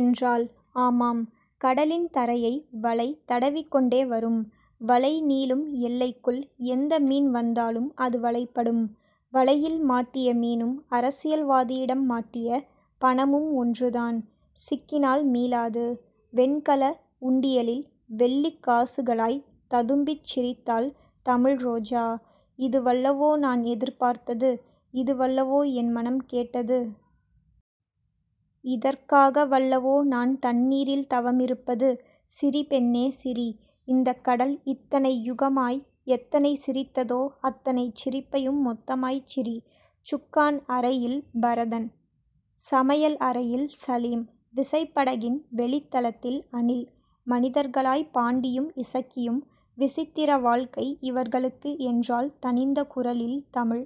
என்றாள் ஆமாம். கடலின் தரையை வலை தடவிக்கொண்டே வரும். வலைநீளும் எல்லைக்குள் எந்த மீன் வந்தாலும் அது வலைப்படும். வலையில் மாட்டிய மீனும் அரசியல்வாதியிடம் மாட்டிய பணமும் ஒன்றுதான். சிக்கினால் மீளாது. வெண்கல உண்டியலில் வெள்ளிக்காசுகளாய்த் ததும்பிச் சிரித்தாள் தமிழ்ரோஜா. இதுவல்லவோ நான் எதிர்பார்த்தது. இதுவல்லவோ என் மனம் கேட்டது. இதற்காகவல்லவோ நான் தண்ணீரில் தவமிருப்பது. சிரி பெண்ணே சிரி. இந்தக் கடல் இத்தனை யுகமாய் எத்தனை சிரித்ததோ அத்தனைச் சிரிப்பையும் மொத்தமாய்ச் சிரி... சுக்கான் அறையில் பரதன். சமையல் அறையில் சலீம். விசைப்படகின் வெளித்தளத்தில் அணில் மனிதர்களாய் பாண்டியும் இசக்கியும். விசித்திர வாழ்க்கை இவர்களுக்கு என்றாள் தணிந்த குரலில் தமிழ்.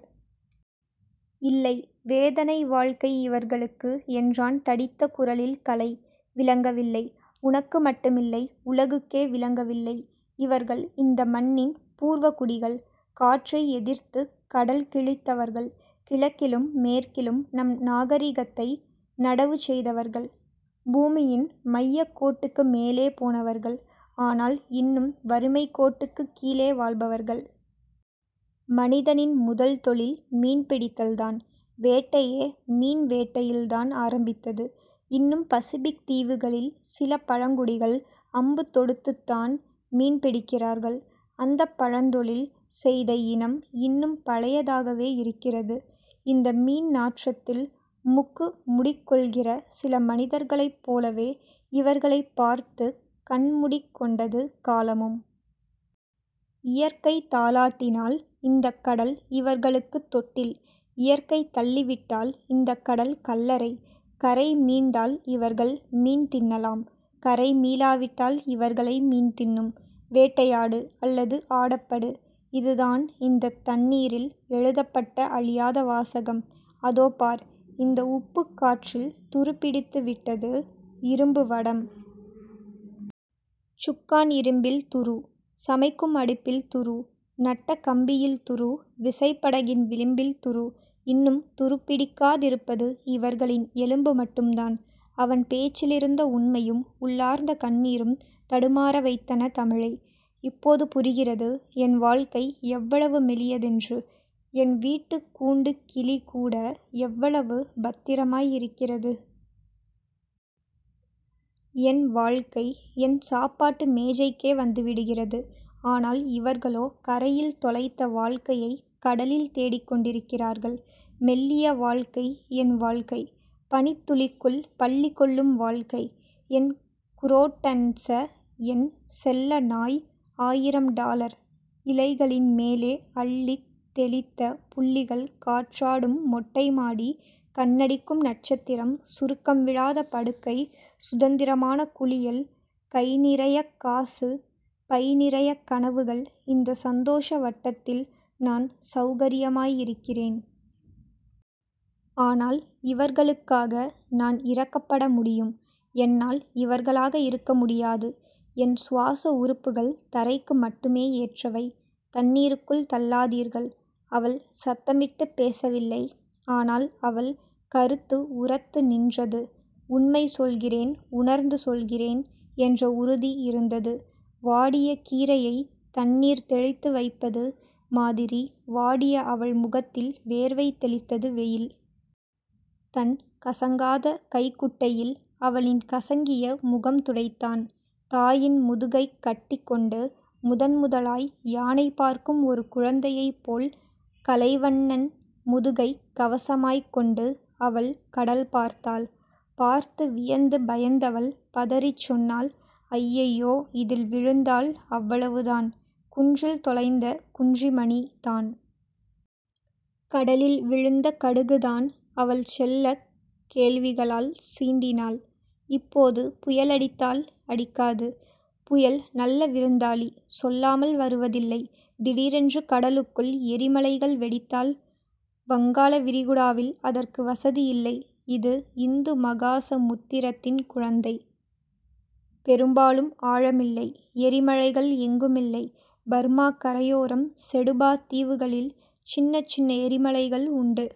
இல்லை. வேதனை வாழ்க்கை இவர்களுக்கு என்றான் தடித்த குரலில் கலை. விளங்கவில்லை. உனக்கு மட்டுமில்லை. உலகுக்கே விளங்கவில்லை. இவர்கள் இந்த மண்ணின் பூர்வகுடிகள். காற்றை எதிர்த்துக் கடல் கிழித்தவர்கள். கிழக்கிலும் மேற்கிலும் நம் நாகரிகத்தை நடவுசெய்தவர்கள். பூமியின் மையக்கோட்டுக்கு மேலே போனவர்கள். ஆனால் இன்னும் வறுமைக்கோட்டுக்குக் கீழே வாழ்பவர்கள். மனிதனின் முதல்தொழில் மீன்பிடித்தல்தான். வேட்டையே மீன் வேட்டையில்தான் ஆரம்பித்தது. இன்னும் பசிபிக் தீவுகளில் சில பழங்குடிகள் அம்பு தொடுத்துத்தான் மீன் பிடிக்கிறார்கள். அந்தப் பழந்தொழில் செய்த இனம் இன்னும் பழையதாகவே இருக்கிறது. இந்த மீன்நாற்றத்தில் முக்கு முடிக்கொள்கிற சில மனிதர்களைப் போலவே இவர்களைப் பார்த்துக் கண்முடிக் கொண்டது காலமும். இயற்கை தாலாட்டினால் இந்தக் கடல் இவர்களுக்குத் தொட்டில். இயற்கை தள்ளிவிட்டால் இந்தக் கடல் கல்லறை. கரை மீண்டால் இவர்கள் மீன்தின்னலாம். கரை மீளாவிட்டால் இவர்களை மீன்தின்னும். வேட்டையாடு. அல்லது ஆடப்படு. இதுதான் இந்தத் தண்ணீரில் எழுதப்பட்ட அழியாத வாசகம். அதோ பார். இந்த உப்புக் காற்றில் துருப்பிடித்துவிட்டது இரும்புவடம். சுக்கான் இரும்பில் துரு. சமைக்கும் அடுப்பில் துரு. நட்ட கம்பியில் துரு. விசைப்படகின் விளிம்பில் துரு. இன்னும் துருப்பிடிக்காதிருப்பது இவர்களின் எலும்பு மட்டும்தான். அவன் பேச்சிலிருந்த உண்மையும் உள்ளார்ந்த கண்ணீரும் தடுமாறவைத்தன தமிழை. இப்போது புரிகிறது. என் வாழ்க்கை எவ்வளவு மெல்லியதென்று. என் வீட்டுக் கூண்டுக்கிளிகூட எவ்வளவு பத்திரமாயிருக்கிறது? என் வாழ்க்கை என் சாப்பாட்டு மேஜைக்கே வந்துவிடுகிறது. ஆனால், இவர்களோ கரையில் தொலைத்த வாழ்க்கையைக் கடலில் தேடிக் கொண்டிருக்கிறார்கள். மெல்லிய வாழ்க்கை என் வாழ்க்கை. பனித் துளிக்குள் பள்ளிகொள்ளும் வாழ்க்கை. என் குரோட்டன்ஸ என் செல்ல நாய் ஆயிரம் டாலர் இலைகளின் மேலே அள்ளித் தெளித்த புள்ளிகள் காற்றாடும் மொட்டைமாடி கண்ணடிக்கும் நட்சத்திரம் சுருக்கம் விழாத படுக்கை சுதந்திரமான குளியல் கைநிறையக்காசு பைநிறையக் கனவுகள் இந்த சந்தோஷவட்டத்தில் நான் செளகரியமாயிருக்கிறேன். ஆனால், இவர்களுக்காக நான் இரக்கப்பட முடியும். என்னால் இவர்களாக இருக்க முடியாது. என் சுவாச உறுப்புகள் தரைக்கு மட்டுமே ஏற்றவை. தண்ணீருக்குள் தள்ளாதீர்கள். அவள் சத்தமிட்டுப் பேசவில்லை. ஆனால் அவள் கருத்து உரத்துநின்றது. உண்மை சொல்கிறேன் உணர்ந்து சொல்கிறேன் என்ற உறுதி இருந்தது. வாடிய கீரையைத் தண்ணீர்தெளித்து வைப்பது மாதிரி வாடிய அவள் முகத்தில் வேர்வை தெளித்தது வெயில். தன் கசங்காத கைக்குட்டையில் அவளின் கசங்கிய முகம்துடைத்தான். தாயின் முதுகைக் கட்டிக் கொண்டு முதன்முதலாய் யானைபார்க்கும் ஒரு குழந்தையைப் போல் கலைவண்ணன் முதுகைக் கவசமாய்க் கொண்டு அவள் கடல்பார்த்தாள். பார்த்து வியந்து பயந்தவள் பதறிச் சொன்னாள். அய்யய்யோ. இதில் விழுந்தால்? அவ்வளவுதான். குன்றில் தொலைந்த குன்றிமணிதான். கடலில் விழுந்த கடுகுதான்... அவள் செல்லக் கேள்விகளால் சீண்டினாள். இப்போது புயலடித்தால்? அடிக்காது. புயல் நல்ல விருந்தாளி. சொல்லாமல் வருவதில்லை... திடீரென்று கடலுக்குள் எரிமலைகள் வெடித்தால்? வங்காளவிரிகுடாவில் அதற்கு வசதி இல்லை. இது இந்துமகாசமுத்திரத்தின் குழந்தை. பெரும்பாலும் ஆழமில்லை. எரிமலைகள் எங்குமில்லை. பர்மாக் கரையோரம் செடுபா தீவுகளில் சின்னச் சின்ன எரிமலைகள் உண்டு.